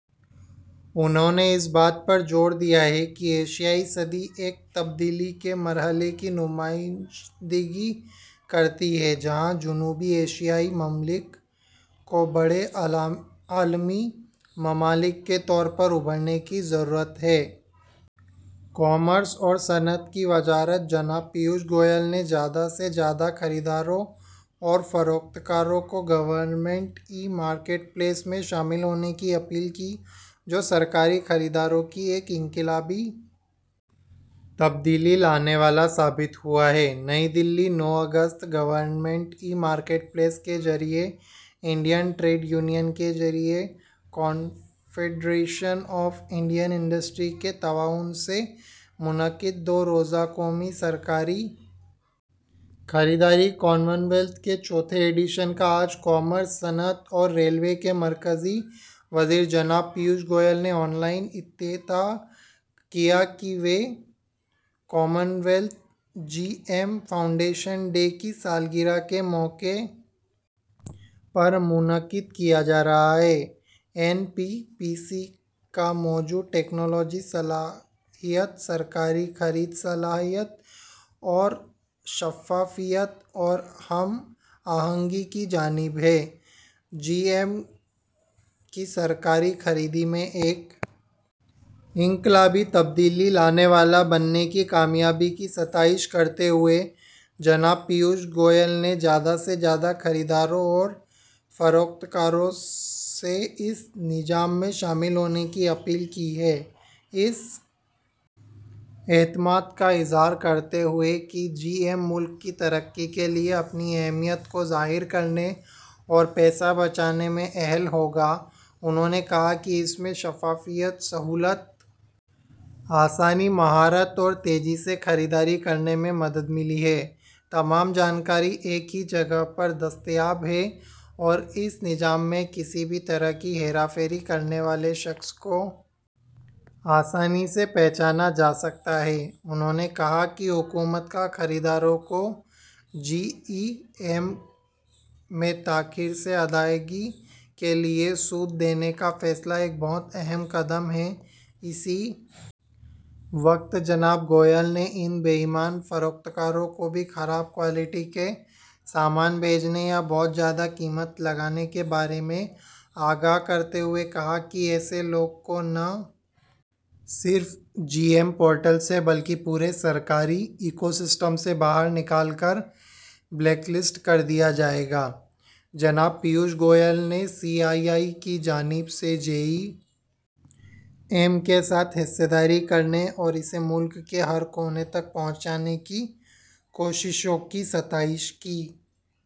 انہوں نے اس بات پر زور دیا کہ ایشیائی صدی ایک تبدیلی کے مرحلے کی نمائندگی کرتی ہے جہاں جنوبی ایشیائی ممالک کو بڑے عالمی ممالک کے طور پر ابھرنے کی ضرورت ہے کامرس اور صنعت کی وزارت جناب پیوش گوئل نے زیادہ سے زیادہ خریداروں اور فروخت کاروں کو گورنمنٹ ای مارکیٹ پلیس میں شامل ہونے کی اپیل کی جو سرکاری خریداری میں ایک انقلابی تبدیلی لانے والا ثابت ہوا ہے نئی دہلی نو اگست گورنمنٹ ای مارکیٹ پلیس کے ذریعہ انڈین ٹریڈ یونین کے ذریعہ کانفیڈریشن آف انڈین انڈسٹری کے تعاون سے منعقدہ دو روزہ قومی سرکاری خریداری کانکلیو کے چوتھے ایڈیشن کا آج کامرس صنعت اور ریلوے کے مرکزی وزیر جناب پیوش گوئل نے آن لائن افتتاح کیا یہ conclave G E M foundation day کی سالگرہ کے موقع پر منعقد کیا جا رہا ہے این پی پی سی کا موضوع ٹکنالوجی صلاحیت سرکاری خرید صلاحیت اور شفافیت اور ہم آہنگی کی جانب ہے جی ای ایم کی سرکاری خرید میں ایک انقلابی تبدیلی لانے والا بننے کی کامیابی کی ستائش کرتے ہوئے جناب پیوش گوئل نے زیادہ سے زیادہ خریداروں اور فروخت کاروں سے اس نظام میں شامل ہونے کی اپیل کی ہے اس اعتماد کا اظہار کرتے ہوئے کہ جی ای ایم ملک کی ترقی کے لیے اپنی اہمیت کو ظاہر کرنے اور پیسہ بچانے میں اہل ہوگا انہوں نے کہا کہ اس سے شفافیت سہولت آسانی مہارت اور تیزی سے خریداری کرنے میں مدد ملی ہے تمام جانکاری ایک ہی جگہ پر دستیاب ہے اور اس نظام میں کسی بھی طرح کی ہیرا پھیری کرنے والے شخص کو آسانی سے پہچانا جا سکتا ہے انہوں نے کہا کہ حکومت کا خریداروں کو جی ای ایم میں تاخیر سے ادائیگی کے لیے سود دینے کا فیصلہ ایک بہت اہم قدم ہے اسی وقت جناب گوئل نے ان بے ایمان فروخت کاروں کو بھی خراب کوالٹی کے سامان بھیجنے یا بہت زیادہ قیمت لگانے کے بارے میں آگاہ کرتے ہوئے کہا کہ ایسے لوگوں کو نہ صرف جی ای ایم پورٹل سے بلکہ پورے سرکاری ایکو سسٹم سے باہر نکال کر بلیک لسٹ کر دیا جائے گا جناب پیوش گوئل نے سی آئی آئی کی جانب سے جی ای ایم کے ساتھ حصہ داری کرنے اور اسے ملک کے ہر کونے تک پہنچانے کی کوششوں کی ستائش کی